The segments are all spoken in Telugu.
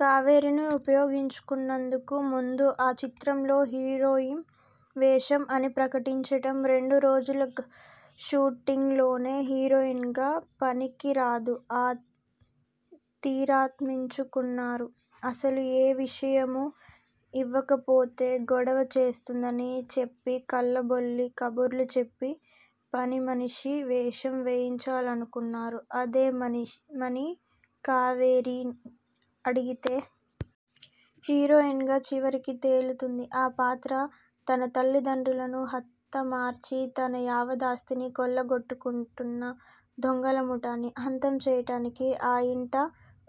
కావేరీని ఉపయోగించుకున్నందుకు ముందు ఆ చిత్రంలో హీరోయిం వేషం అని ప్రకటించటం, రెండు రోజుల షూటింగ్ లోనే హీరోయిన్ గా పనికిరాదు, అని తీర్మానించుకున్నారు. అసలు ఏ వేషమూ యివ్వకపోతే గొడవ చేస్తుందని చెప్పి కల్లబొల్లి కబుర్లు చెప్పి పనిమనిషి వేషం వేయించాలనుకున్నారు. అదేమని కావేరీ అడిగితే? హీరోయిన్ గా చివరికి తేలుతుంది ఆ పాత్ర! తనతల్లి తండ్రులను హతమార్చి తన యావదాస్తినీ కొల్లగొట్టుకుంటున్న దొంగల ముఠాని అంతం చేయటానికి ఆ ఇంట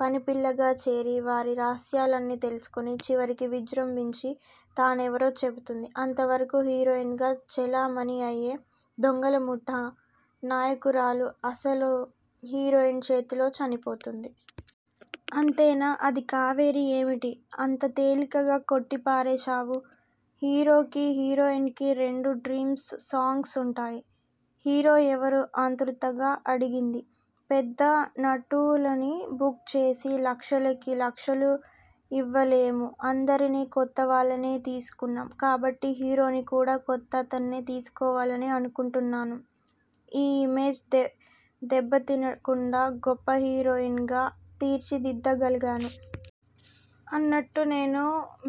పనిపిల్లగా చేరి వారి రహస్యాలన్నీ తెలుసుకుని చివరికి విజ్రుంభించి తనెవరో చెప్పుతుంది! అంతవరకూ హీరోయిన్ గా చెలామణి అయ్యే దొంగలముఠా నాయకురాలు అసలు హీరోయిన్ చేతిలో చనిపోతుంది! అంతేనా? అంది కావేరి! ఏమిటి అంత తేలికగా కొట్టి పారవేశావు? హీరోకి హీరోయిన్ కి రెండు డ్రీమ్సు సాంగ్సు వుంటాయి. హీరో ఎవరూ? ఆత్రుతగా అడిగింది. పెద్ద నటులని బుక్ చేసి లక్షలకి లక్షలు యివ్వలేము! అందరినీ కొత్తవాళ్ళనే తీసుకున్నాం కాబట్టి హీరోని కూడా కొత్త అతన్నే తీసుకోవాలని అనుకుంటున్నాను నీ ఇమేజ్ దెబ్బతినకుండా గొప్ప హీరోయిన్ గా తీర్చిదిద్దగలను. అన్నట్టు నేను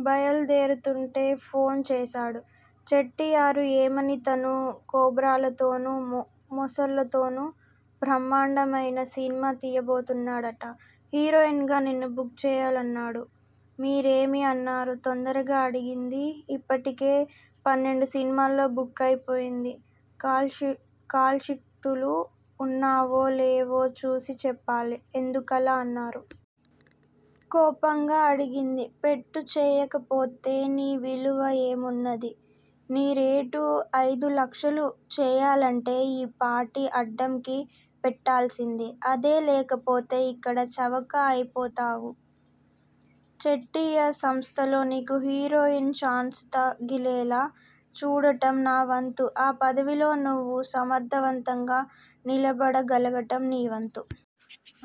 బయలుదేరుతుంటే ఫోన్ చేశాడు చెట్టియారు ఏమని? తను కోబ్రాలతోను మొసళ్ళతోనూ బ్రహ్మాండమయిన సినిమా తీయబోతున్నాడట! హీరోయిన్ గా నిన్ను బుక్ చేయాలన్నాడు? మీరేమి అన్నారు? తొందరగా అడిగింది. ఇప్పటికే పన్నెండు సినిమాల్లో బుక్ అయిపోయింది. కాల్షీటులు వున్నవో? లేవో చూసి చెప్పాలి! ఎందుకలా అన్నారు? కోపంగా అడిగింది. బెట్టుచేయకపోతే నీవిలువ ఏమున్నది? నీరేటు అయిదు లక్షలు చేయాలంటే ఈపాటి అడ్డంకి పెట్టాల్సిందే? అదే లేకపోతే ఇక్కడ చవక అయిపోతావు! చెట్టియార్ సంస్థలో నీకు హీరోయిన్ ఛాన్సుతగిలేలా చూడటం నా వంతు! ఆ పదవిలో నువ్వు సమర్ధవంతంగా నిలబడ గలగటం నీ వంతు!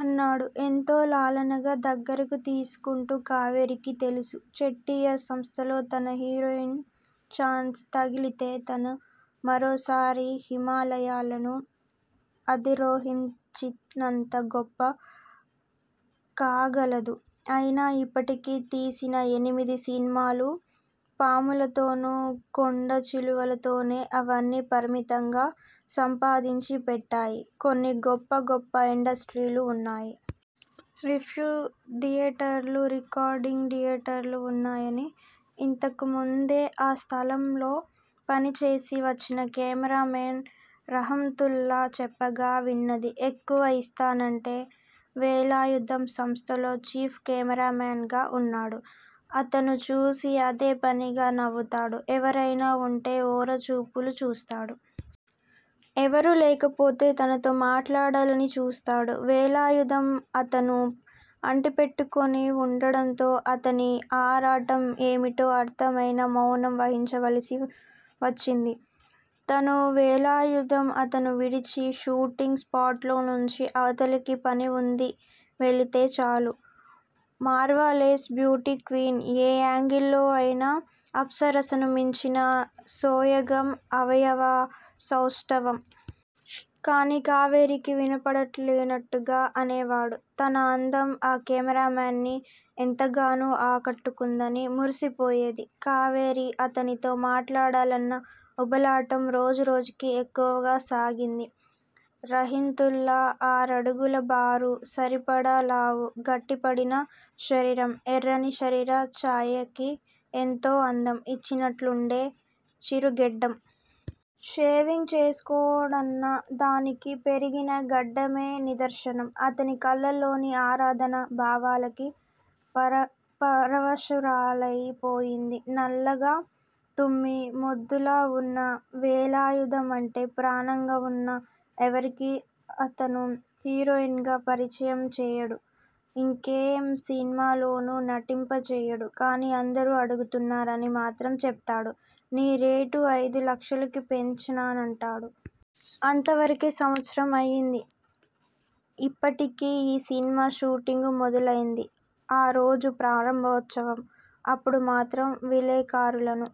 అన్నాడు ఎంతో లాలనగా దగ్గిరకు తీసుకుంటూ! కావేరీకి తెలుసు! చెట్టియార్ సంస్థలో తనకి హీరోయిన్ ఛాన్సు తగిలితే తను మరోసారి హిమాలయాలను అధిరోహించినంత గొప్ప కాగలదు! ఆయన ఇప్పటికి తీసిన ఎనిమిది సినిమాలూ పాములతోనూ కొండ చిలువలతోనే! అవన్నీ పరీతంగా సంపాదించి పెట్టాయి. కొన్ని గొప్ప గొప్ప ఇండస్ట్రీస్ లు వున్నాయి. ప్రివ్యు థియే తార్లు, రికార్డింగ్ థియేట ర్లూ వున్నాయని యింతకుముందే ఆ సంస్థలో పనిచేసి వచ్చిన కెమెరా మెన్ రహంతుళ్ళా చెప్పగా విన్నది. ఎక్కువ ఇస్తానంటే వేలాయుధం సంస్థలో చీఫ్ కెమెరామెన్ గా వున్నాడు. తనను చూసి అదే పనిగా నవ్వుతాడు. ఎవరయినా వుంటే ఓర చూపులు చూస్తాడు. ఎవరూ లేకపోతే తనతో మాట్లాడాలని చూస్తాడు. వేలాయుధం తనను అంటిపెట్టుకుని వుండటంతో అతని ఆరాటం ఏమిటో అర్ధం అయినా మౌనం వహించవలసి వచ్చింది తను! వేలాయుధం అ థాను విడిచి షూటింగ్ స్పాట్ లో నుంచి అవతలికి పని వుండి వెళ్ళితే చాలు! మార్వలెస్! బ్యూటీక్వీన్? ఏ యాంగిల్ లోనయినా అప్సరసను మించిన సోయగం, అవయవ సౌష్టవం! కాని కావేరీకి వినపడేటట్లుగా అనేవాడు. తన అందం ఆ కెమెరామెన్ ని ఎంతగానో ఆ కట్టుకున్నదని మురిసిపోయేది కావేరి! అతనితో మాట్లాడాలన్న ఉబలాటం రోజురోజుకీ ఎక్కువవసాగింది. రహింతుల్లా ఆరడుగుల బారు, సరిపడ లావు, గట్టిపడిన శరీరం, ఎర్రని శరీర చాయకి ఎంతో అందం యిచ్చినట్లుండే చిరుగెడ్డం. షేవింగ్ చేసుకోడన్న దానికి పెరిగిన గెడ్డమే నిదర్సనం! అతని కళ్ళల్లోని ఆరాధనా భావానికి పరవశురాలయి పోయింది. నల్లగా తుమ్మ మొద్దులా వున్న వేలాయుధం అంటే ప్రాణంగావున్నా ఎవరికీ తనను హీరోయిన్ గా పరిచయం చేయడు. యింకే సినిమాలోనూ నటింపచేయడు. కాని అందరూ అడుగుతున్నారని మాత్రం చెప్పుతాడు-నీ రేటు అయిదు లక్షలకి పెంచానంటాడు. అంతవరకే! సంవత్సరం అయింది. యిప్పటికి ఈ సినిమా షూటింగు మొదలయింది. ఆరోజు ప్రారంభోత్సవం అప్పుడు మాత్రం విలేఖరులను